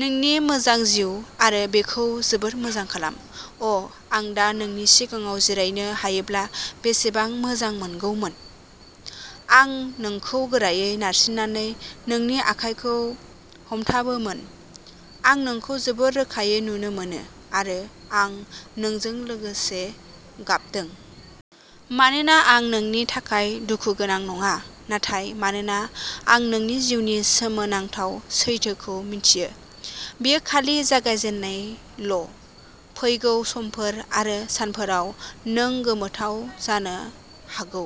नोंनि मोजां जिउ आरो बेखौ जोबोद मोजां खालाम। अ' आं दा नोंनि सिगाङाव जिरायनो हायोब्ला बेसेबां मोजांमोनगौमोन। आं नोंखौ गोरायै नारसिन्नानै नोंनि आखाइखौ हमथाबोमोन। आं नोंखौ जोबोद रोखायै नुनो मोनो आरो आं नोंजों लोगोसे गाबदों। मानोना आं नोंनि थाखाय दुखुगोनां नङा, नाथाय मानोना आं नोंनि जिउनि सोमोनांथाव सैथोखौ मिथियो। बेयो खालि जागायजेननायल'। फैगौ समफोर आरो सानफोराव, नों गोमोथाव जानो हागौ,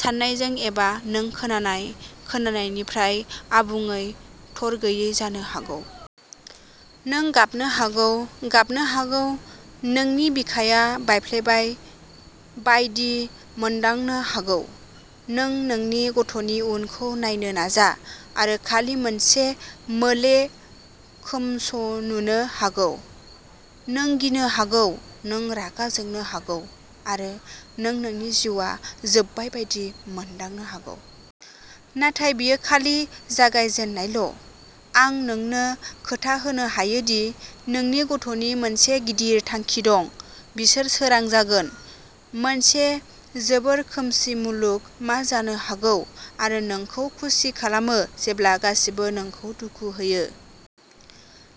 सानायजों, एबा नों खोनानाय खोनानायनिफ्राय आबुङै थरगैयि जानो हागौ। नों गाबनो हागौ, गाबनो हागौ, नोंनि बिखाया बायफ्लेबाय बायदि मोनदांनो हागौ। नों नोंनि गथ'नि इयुनखौ नायनो नाजा आरो खालि मोनसे मोले खोमस'नुनो हागौ। नों गिनो हागौ, नों रागा जोंनो हागौ, आरो नों नोंनि जिउआ जोबबाय बायदि मोनदांनो हागौ। नाथाय बेयो खालि जागायजेननायल'। आं नोंनो खोथा होनो हायो दि नोंनि गथ'नि मोनसे गिदिर थांखि दं। बिसोर सोरां जागोन। मोनसे जोबोद खोमसि मुलुग मा जानो हागौ, आरो नोंखौ खुसि खालामो जेब्ला गासिबो नोंखौ दुखु होयो।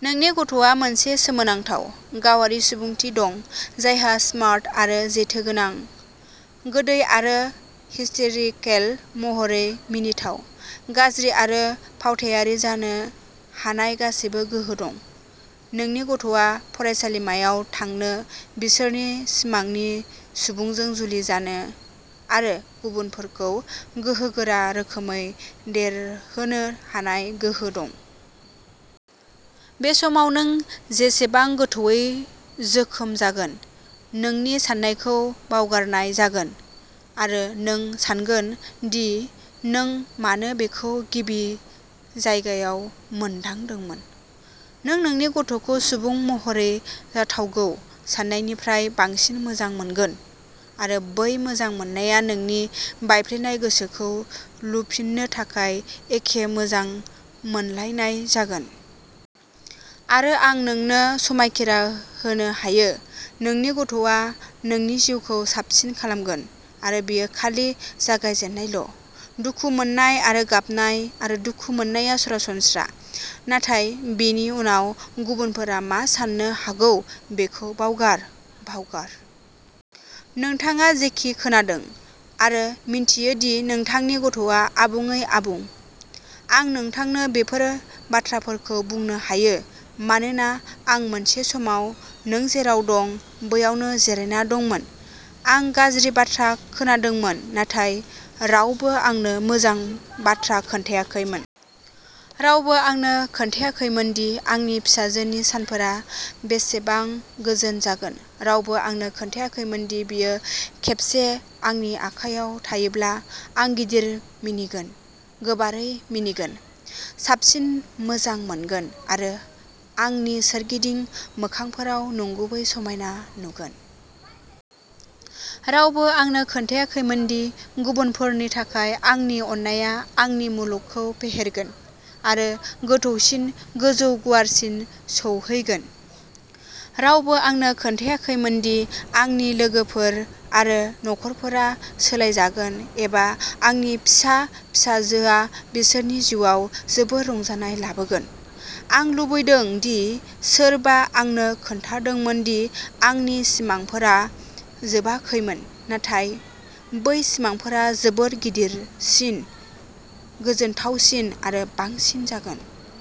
नोंनि गथ'आ मोनसे सोमोनांथाव, गावारि सुबुंथि दं, जायहा स्मार्ट आरो जेथोगोनां, गोदै आरो हिस्टेरिकेल महरै मिनिथाव, गाज्रि आरो फावथायारि जानो हानाय गासैबो गोहो दं। नोंनि गथ'आ फरायसालिमायाव थांनो, बिसोरनि सिमांनि सुबुंजों जुलि जानो, आरो गुबुनफोरखौ गोहोगोरा रोखोमै देरहोनो हानाय गोहो दं। बे समाव नों जेसेबां गोथौवै जोखोम जागोन, नोंनि सानायखौ बावगारनाय जागोन आरो नों सानगोन दि नों मानो बेखौ गिबि जायगायाव मोनदांदोंमोन। नों नोंनि गथ'खौ सुबुं महरै जाथावगौ सान्नायनिफ्राय बांसिन मोजां मोनगोन, आरो बै मोजां मोननाया नोंनि बायफ्लेनाय गोसोखौ लुफिननो थाखाय एखे मोजां मोनलायनाय जागोन। आरो आं नोंनो समायखिरा होनो हायो-नोंनि गथ'आ नोंनि जिउखौ साबसिन खालामगोन। आरो बेयो खालि जागायजेननायल'। दुखु मोन्नाय आरो गाबनाय आरो दुखु मोननाया सरासनस्रा। नाथाय बेनि उनाव गुबुनफोरा मा सान्नो हागौ बेखौ बावगार। बावगार। नोंथाङा जेखि खोनादों, आरो मिन्थियो दि नोंथांनि गथ'आ आबुङै आबुं। आं नोंथांनो बेफोर बाथ्राफोरखौ बुंनो हायो मानोना आं मोनसे समाव नों जेराव दं, बैयावनो जिरायना दंमोन। आं गाज्रि बाथ्रा खोनादोंमोन, नाथाय रावबो आंनो मोजां बाथ्रा खोन्थाखैमोन। रावबो आंनो खिन्थियाखैमोन दि आंनि फिसाजोनि सानफोरा बेसेबां गोजों जागोन। रावबो आंनो खिन्थियाखैमोन दि बियो खेबसे आंनि आखाइयाव थायोब्ला, आं गिदिर मिनिगोन, गोबारै मिनिगोन, साबसिन मोजां मोनगोन, आरो आंनि सोरगिदिं मोखांफोराव नंगुबै समायना नुगोन। रावबो आंनो खिन्थियाखैमोनदि गुबुनफोरनि थाखाय आंनि अननायआ आंनि मुलुगखौ फेहेरगोन आरो गोथौसिन, गोजौ, गुवारसिन सौहैगोन। रावबो आंनो खिन्थियाखैमोनदि आंनि लोगोफोर आरो नखरफोरा सोलायजागोन एबा आंनि फिसा फिसाजोआ बिसोरनि जिउआव जोबोद रंजानाय लाबोगोन। आं लुबैदों दि सोरबा आंनो खोन्थादोंमोन दि आंनि सिमांफोरा जोबाखैमोन, नाथाय बै सिमांफोरा जोबोद गिदिरसिन, गोजोनथावसिन आरो बांसिन जागोन।